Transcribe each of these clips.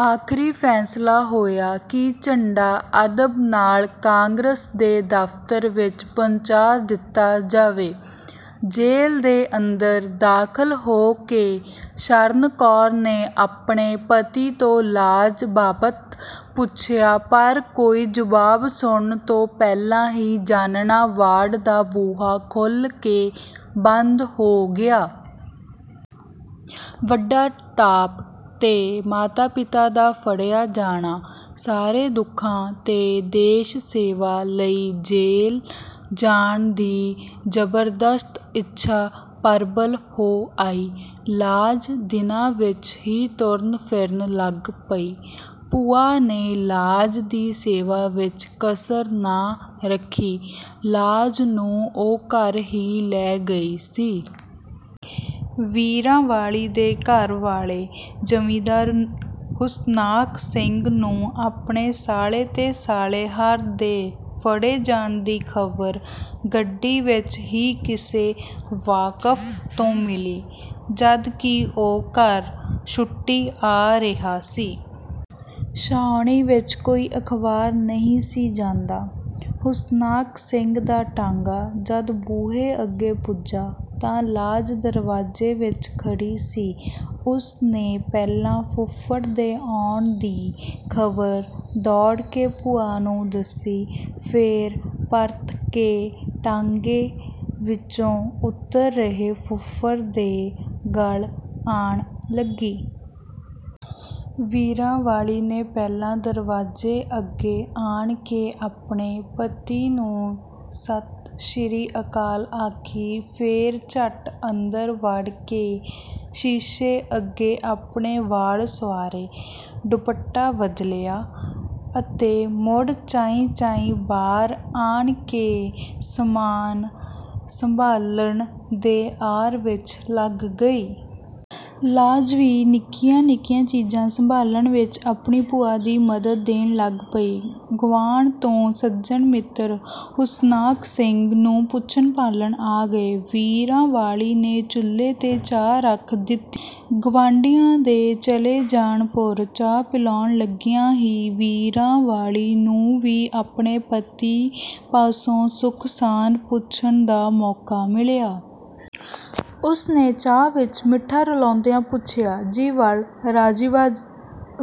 ਅਖ਼ੀਰ ਫ਼ੈਸਲਾ ਹੋਇਆ ਕਿ ਝੰਡਾ ਅਦਬ ਨਾਲ ਕਾਂਗਰਸ ਦੇ ਦਫ਼ਤਰ ਵਿੱਚ ਪਹੁੰਚਾ ਦਿੱਤਾ ਜਾਵੇ। ਜੇਲ ਦੇ ਅੰਦਰ ਦਾਖ਼ਲ ਹੋ ਕੇ ਸਰਨ ਕੌਰ ਨੇ ਆਪਣੇ ਪਤੀ ਤੋਂ ਲਾਜ ਬਾਬਤ ਪੁਛਿਆ, ਪਰ ਕੋਈ ਜੁਆਬ ਸੁਣਨ ਤੋਂ ਪਹਿਲਾਂ ਹੀ ਜ਼ਨਾਨਾ ਵਾਰਡ ਦਾ ਬੂਹਾ ਖੁਲ੍ਹ ਕੇ ਬੰਦ ਹੋ ਗਿਆ। ਵੱਡਾ ਤਾਪ ਤੇ ਮਾਤਾ-ਪਿਤਾ ਦਾ ਫੜਿਆ ਜਾਣਾ, ਸਾਰੇ ਦੁਖਾਂ ਤੇ ਦੇਸ਼-ਸੇਵਾ ਲਈ ਜੇਲ ਜਾਣ ਦੀ ਜ਼ਬਰਦਸਤ ਇੱਛਾ ਪ੍ਰਬਲ ਹੋ ਆਈ। ਲਾਜ ਦਿਨਾਂ ਵਿੱਚ ਹੀ ਤੁਰਨ ਫਿਰਨ ਲਗ ਪਈ। ਭੂਆ ਨੇ ਲਾਜ ਦੀ ਸੇਵਾ ਵਿੱਚ ਕਸਰ ਨਾ ਰੱਖੀ, ਲਾਜ ਨੂੰ ਉਹ ਘਰ ਹੀ ਲੈ ਗਈ ਸੀ। ਵੀਰਾਂ ਵਾਲੀ ਦੇ ਘਰ ਵਾਲੇ ਜ਼ਿਮੀਦਾਰ ਹੁਸ਼ਨਾਕ ਸਿੰਘ ਨੂੰ ਆਪਣੇ ਸਾਲੇ ਅਤੇ ਸਾਲੇਹਾਰ ਦੇ ਫੜੇ ਜਾਣ ਦੀ ਖ਼ਬਰ ਗੱਡੀ ਵਿੱਚ ਹੀ ਕਿਸੇ ਵਾਕਫ਼ ਤੋਂ ਮਿਲੀ, ਜਦ ਕਿ ਉਹ ਘਰ ਛੁੱਟੀ ਆ ਰਿਹਾ ਸੀ। ਛਾਉਣੀ ਵਿੱਚ ਕੋਈ ਅਖ਼ਬਾਰ ਨਹੀਂ ਸੀ ਜਾਂਦਾ। ਹੁਸ਼ਨਾਕ ਸਿੰਘ ਦਾ ਟਾਂਗਾ ਜਦ ਬੂਹੇ ਅੱਗੇ ਪੁੱਜਾ ਤਾਂ ਲਾਜ ਦਰਵਾਜ਼ੇ ਵਿੱਚ ਖੜ੍ਹੀ ਸੀ। ਉਸ ਨੇ ਪਹਿਲਾਂ ਫੁੱਫੜ ਦੇ ਆਉਣ ਦੀ ਖ਼ਬਰ ਦੌੜ ਕੇ ਭੂਆ ਨੂੰ ਦੱਸੀ, ਫਿਰ ਪਰਤ ਕੇ ਟਾਂਗੇ ਵਿਚੋਂ ਉਤਰ ਰਹੇ ਫੁੱਫੜ ਦੇ ਗਲ ਆਣ ਲੱਗੀ। ਵੀਰਾਂ ਵਾਲੀ ਨੇ ਪਹਿਲਾਂ ਦਰਵਾਜ਼ੇ ਅਗੇ ਆਣ ਕੇ ਆਪਣੇ ਪਤੀ ਨੂੰ ਸਤਿ ਸ੍ਰੀ ਅਕਾਲ ਆਖੀ, ਫਿਰ ਝਟ ਅੰਦਰ ਵੜ ਕੇ ਸ਼ੀਸ਼ੇ ਅੱਗੇ ਆਪਣੇ ਵਾਲ ਸੁਆਰੇ, ਦੁਪੱਟਾ ਬਦਲਿਆ ਅਤੇ ਮੁੜ ਚਾਈਂ-ਚਾਈਂ ਬਾਹਰ ਆਣ ਕੇ ਸਾਮਾਨ ਸੰਭਾਲਣ ਦੇ ਆਰ ਵਿੱਚ ਲਗ ਗਈ। ਲਾਜ ਵੀ ਨਿੱਕੀਆਂ-ਨਿੱਕੀਆਂ ਚੀਜ਼ਾਂ ਸੰਭਾਲਣ ਵਿੱਚ ਆਪਣੀ ਭੂਆ ਨੂੰ ਮਦਦ ਦੇਣ ਲੱਗ ਪਈ। ਗੁਆਂਢ ਤੋਂ ਸੱਜਣ ਮਿੱਤਰ ਹੁਸ਼ਨਾਕ ਸਿੰਘ ਨੂੰ ਪੁੱਛਣ ਭਾਲਣ ਆ ਗਏ। ਵੀਰਾਂ ਵਾਲੀ ਨੇ ਚੁੱਲ੍ਹੇ ਤੇ ਚਾਹ ਰਖ ਦਿੱਤੀ। ਗੁਆਂਢੀਆਂ ਦੇ ਚਲੇ ਜਾਣ ਪੁਰ ਚਾਹ ਪਿਲਾਣ ਲਗਿਆਂ ਹੀ ਵੀਰਾਂ ਵਾਲੀ ਨੂੰ ਵੀ ਆਪਣੇ ਪਤੀ ਪਾਸੋਂ ਸੁੱਖ-ਸਾਂਦ ਪੁੱਛਣ ਦਾ ਮੌਕਾ ਮਿਲਿਆ। ਉਸ ਨੇ ਚਾਹ ਵਿੱਚ ਮਿਠਾ ਰਲਾਂਦਿਆਂ ਪੁਛਿਆ: ਜੀ ਵਲ ਰਾਜ਼ੀ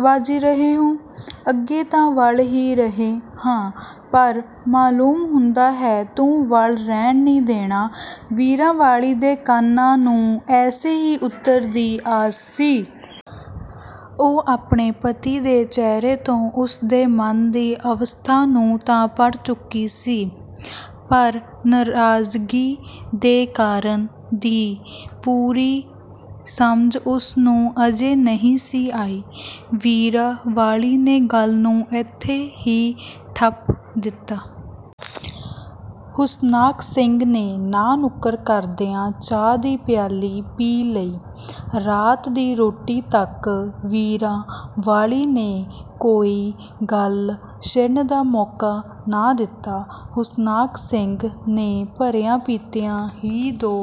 ਬਾਜ਼ੀ ਰਹੇ ਹੋ? "ਅੱਗੇ ਤਾਂ ਵੱਲ ਹੀ ਰਹੇ ਹਾਂ ਪਰ ਮਾਲੂਮ ਹੁੰਦਾ ਹੈ ਤੂੰ ਵੱਲ ਰਹਿਣ ਨਹੀਂ ਦੇਣਾ"। ਵੀਰਾਂ ਵਾਲੀ ਦੇ ਕੰਨਾਂ ਨੂੰ ਐਸੇ ਹੀ ਉਤਰ ਦੀ ਆਸ ਸੀ। ਉਹ ਆਪਣੇ ਪਤੀ ਦੇ ਚਿਹਰੇ ਤੋਂ ਉਸ ਦੇ ਮਨ ਦੀ ਅਵਸਥਾ ਨੂੰ ਤਾਂ ਪੜ੍ਹ ਚੁਕੀ ਸੀ, ਪਰ ਨਰਾਜ਼ਗੀ ਦੇ ਕਾਰਨ ਦੀ ਪੂਰੀ ਸਮਝ ਉਸ ਨੂੰ ਅਜੇ ਨਹੀਂ ਸੀ ਆਈ। ਵੀਰਾਂ ਵਾਲੀ ਨੇ ਗੱਲ ਨੂੰ ਇੱਥੇ ਹੀ ਠੱਪ ਦਿੱਤਾ। ਹੁਸ਼ਨਾਕ ਸਿੰਘ ਨੇ ਨਾਂਹ-ਨੁਕਰ ਕਰਦਿਆਂ ਚਾਹ ਦੀ ਪਿਆਲੀ ਪੀ ਲਈ। ਰਾਤ ਦੀ ਰੋਟੀ ਤੱਕ ਵੀਰਾਂ ਵਾਲੀ ਨੇ ਕੋਈ ਗੱਲ ਛਿੜਨ ਦਾ ਮੌਕਾ ਨਾ ਦਿੱਤਾ। ਹੁਸ਼ਨਾਕ ਸਿੰਘ ਨੇ ਭਰਿਆਂ ਪੀਤਿਆਂ ਹੀ ਦੋ